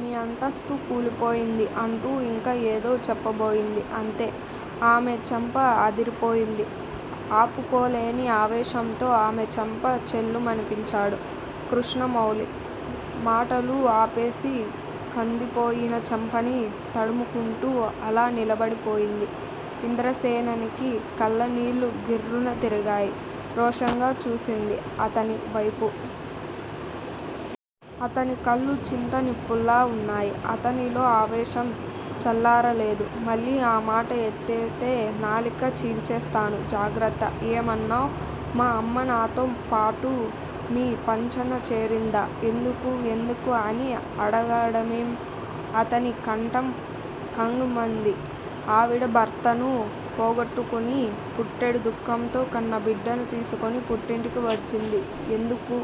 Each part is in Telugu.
మీ అంతస్తు కూలిపోయింది అంటూ ఇంకా ఏదో చెప్పబోయింది. అంతే. ఆమె చెంప అదిరిపోయింది. ఆపుకోలేని ఆవేశంతో ఆమె చెంప ఛెళ్ళుమనిపించాడు కృష్ణమౌళి. మటలు ఆపేసి కందిపోయిన చెంపని తడుముకుంటూ అలా నిలబడి పోయింది. ఇంద్ర సేనకి కళ్ళనీళ్ళు గిర్రున తిరిగాయి. రోషంగా చూసింది అతని వైపు. అతని కళ్ళు చింత నిప్పుల్లా ఉన్నాయి. అతనిలో ఆవేశం చల్లారలేదు. మళ్ళీ ఆ మాట ఎత్తితే నాలిక చీల్చేస్తాను జాగ్రత్త. ఏం అన్నావు! మా అమ్మ నాతో పాటు మీ పంచన చేరిందా! ఎందుకు! ఎందుకు అని అడగడమెం! అతని కంఠం కంగ్ మంది ఆవిడ భర్తను పోగొట్టుకుని పుట్టెడు దుఃఖంతో కన్న బిడ్డను తీసుకుని పుట్టింటికి వచ్చింది ఎందుకు?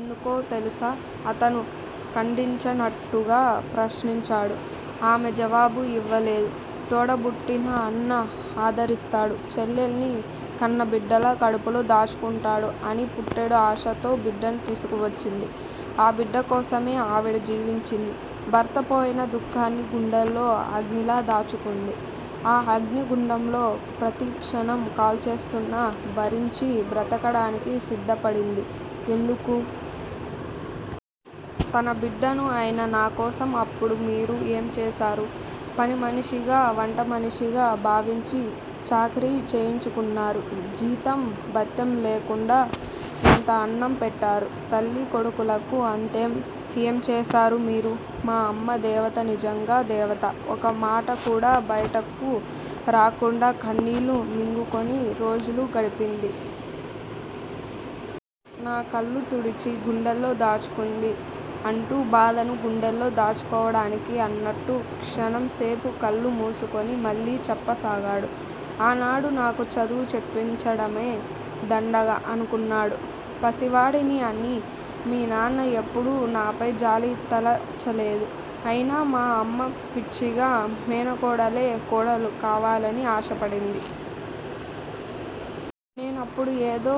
ఎందుకో తెలుసా! అతను ఖండించనట్టుగా ప్రశ్నించాడు. ఆమె జవాబు ఇవ్వలేదు. తోడ బుట్టిన అన్న ఆదరిస్తాడు. చెల్లెల్ని కన్నబిడ్డలా కడుపులో దాచుకుంటాడు అని పుట్టెడు ఆశతో బిడ్డను తీసుకువచ్చింది. ఆ బిడ్డ కోసమే ఆవిడ జీవించింది. భర్తపోయిన దుఃఖాన్ని గుండెల్లో అగ్నిలా దాచుకుంది. ఆ అగ్ని గుండంల్లో ప్రతిక్షణం కాల్చేస్తున్నా భరించి బ్రతకడానికి సిద్ధపడింది ఎందుకు? తన బిడ్డను అయిన నాకోసం అప్పుడు మీరు ఏం చేశారు? పనిమనిషిగా వంటమనిషిగా భావించి, చాకిరీ చేయించుకున్నారు! జీతం బత్తెం లేకుండా ఇంత అన్నం పెట్టారు తల్లీ కొడుకులకు అంతే! ఏం చేశారు మీరు మా అమ్మ దేవత నిజంగా దేవత. ఒక మాటకూడా బయటకు రాకుండా కన్నీళ్ళు మింగుకుని రోజులు గడిపింది. నా కళ్ళు తుడిచి గుండెల్లో దాచుకుంది అంటూ బాధను గుండెల్లో దాచుకోవడానికి అన్నట్టు క్షణం సేపు కళ్ళు మూసుకుని మళ్ళీ చెప్ప సాగాడు. ఆనాడు నాకు చదువు చెప్పించడమే దండగ అనుకున్నాడు. పసివాడ్ని అని మీనాన్న ఎప్పుడూ నాపై జాలి తలచలేదు. అయినా మా అమ్మ పిచ్చిగా మేనకోడలే కోడలు కావాలని ఆశపడింది. నేను అప్పుడు ఏదో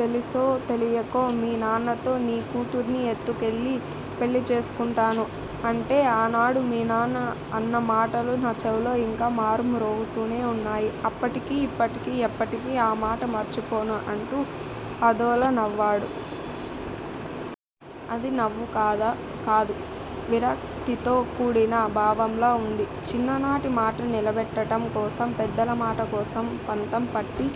తెలిసో తెలియకో మీ నాన్నతో నీ కూతుర్ని ఎత్తుకెళ్ళి పెళ్ళి చేసుకొంటాను అంటే ఆనాడు మీ నాన్న అన్న మాటలు నా చెవులో ఇంకా మారు మ్రోగుతూనే ఉన్నాయి! అప్పటికీ ఇప్పటికీ ఎప్పటికీ ఆ మాట మర్చిపోను అంటూ అదోలా నవ్వాడు. అది నవ్వుకాదా కాదు. విరక్తితో కూడిన భావంలా ఉంది. చిన్ననాటి మాట నిలబెట్టటం కోసం పెద్దల మాట కోసం పంతం పట్టి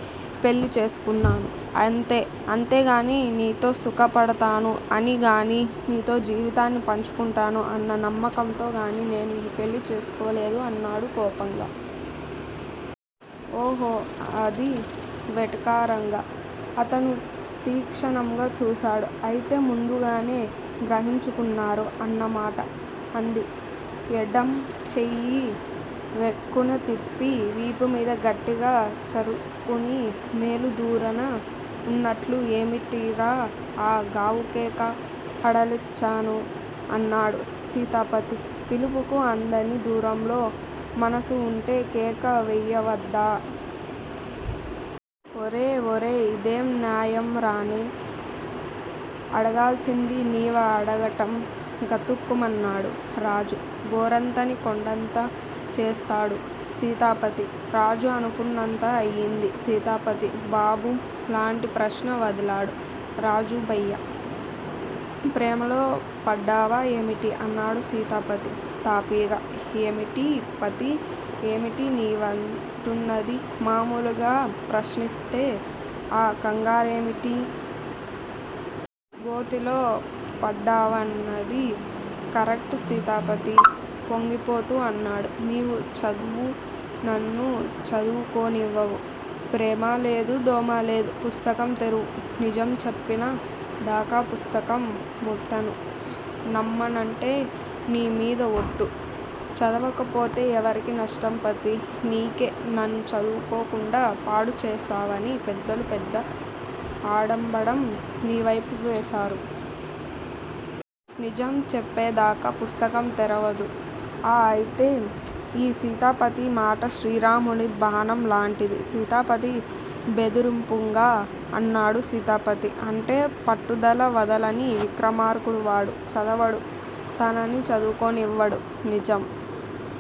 పెళ్ళి చేసుకున్నాను. అంతే! అంతేగాని నీతో సుఖ పడతాను అని గాని నీతో జీవితాన్ని పంచుకుంటాను అన్న నమ్మకంతో గానీ నేను ఈ పెళ్ళి చేసుకోలేదు అన్నాడు కోపంగా. ఓహో అది వెటకారంగా. అతను తీక్షణంగా చూశాడు. అయితే ముందుగానే గ్రహించుకున్నారు అన్నమాట! అంది. ఎడం చెయ్యి వెక్కున తిప్పి వీపుమీద గట్టిగా చరుచుకుని మైలు దూరాన వున్నట్లు ఏమిటిరా ఆ గావుకేక? హడలిచ్చాను. అన్నాడు సీతాపతి. పిలుపుకి అందని దూరంలో మనసు వుంటే! కేక వేయవద్దా? ఒరేయ్! ఒరేయ్! ఇందేం న్యాయంరానే అడగాల్సింది నీవడగటం? గతుక్కుమన్నాడు రాజు. గోరంతని కొండంత చేస్తాడు. సీతాపతి. రాజు అనుకున్నంత అయింది. సీతాపతి బాంబులాంటి ప్రశ్న వదిలాడు, రాజూ భయ్యా! ప్రేమలో పడ్డావా ఏమిటి? అన్నాడు సీతాపతి తాపీగా. ఏమిటి పతీ! ఏమిటి నీవంటున్నది? మామూలుగా ప్రశ్నిస్తే ఆ కంగారేమిటి? గోతిలో పడ్డావన్నది కరెక్ట్ సీతాపతి పొంగిపోతూ అన్నాడు. నీవు చదువు నన్ను చదువుకోనివ్వవు. ప్రేమా లేదు దోమా లేదు. పుస్తకం తెరువు. నిజం చెప్పిన దాకా పుస్తకం ముట్టను. నమ్మనంటే, నీ మీద ఒట్టు. చదవకపోతే ఎవరికి నష్టం పతీ? నీకే, నన్ను చదువుకోకుండా పాడుచేశావని పెద్దలు పెద్ద అడంబాంఢం నీపై వేస్తారు. నిజం చెప్పిందాకా పుస్తకం తెరవదు. ఆ అయితే ఈ సీతాపతి మాట శ్రీరాముడి బాణం లాంటిది. సీతాపతి బెదిరింపుగా అన్నాడు సీతాపతి అంటే పట్టుదల వదలని విక్రమార్కుడు వాడు చదవడు తనని చదువుకోనివ్వడు. నిజం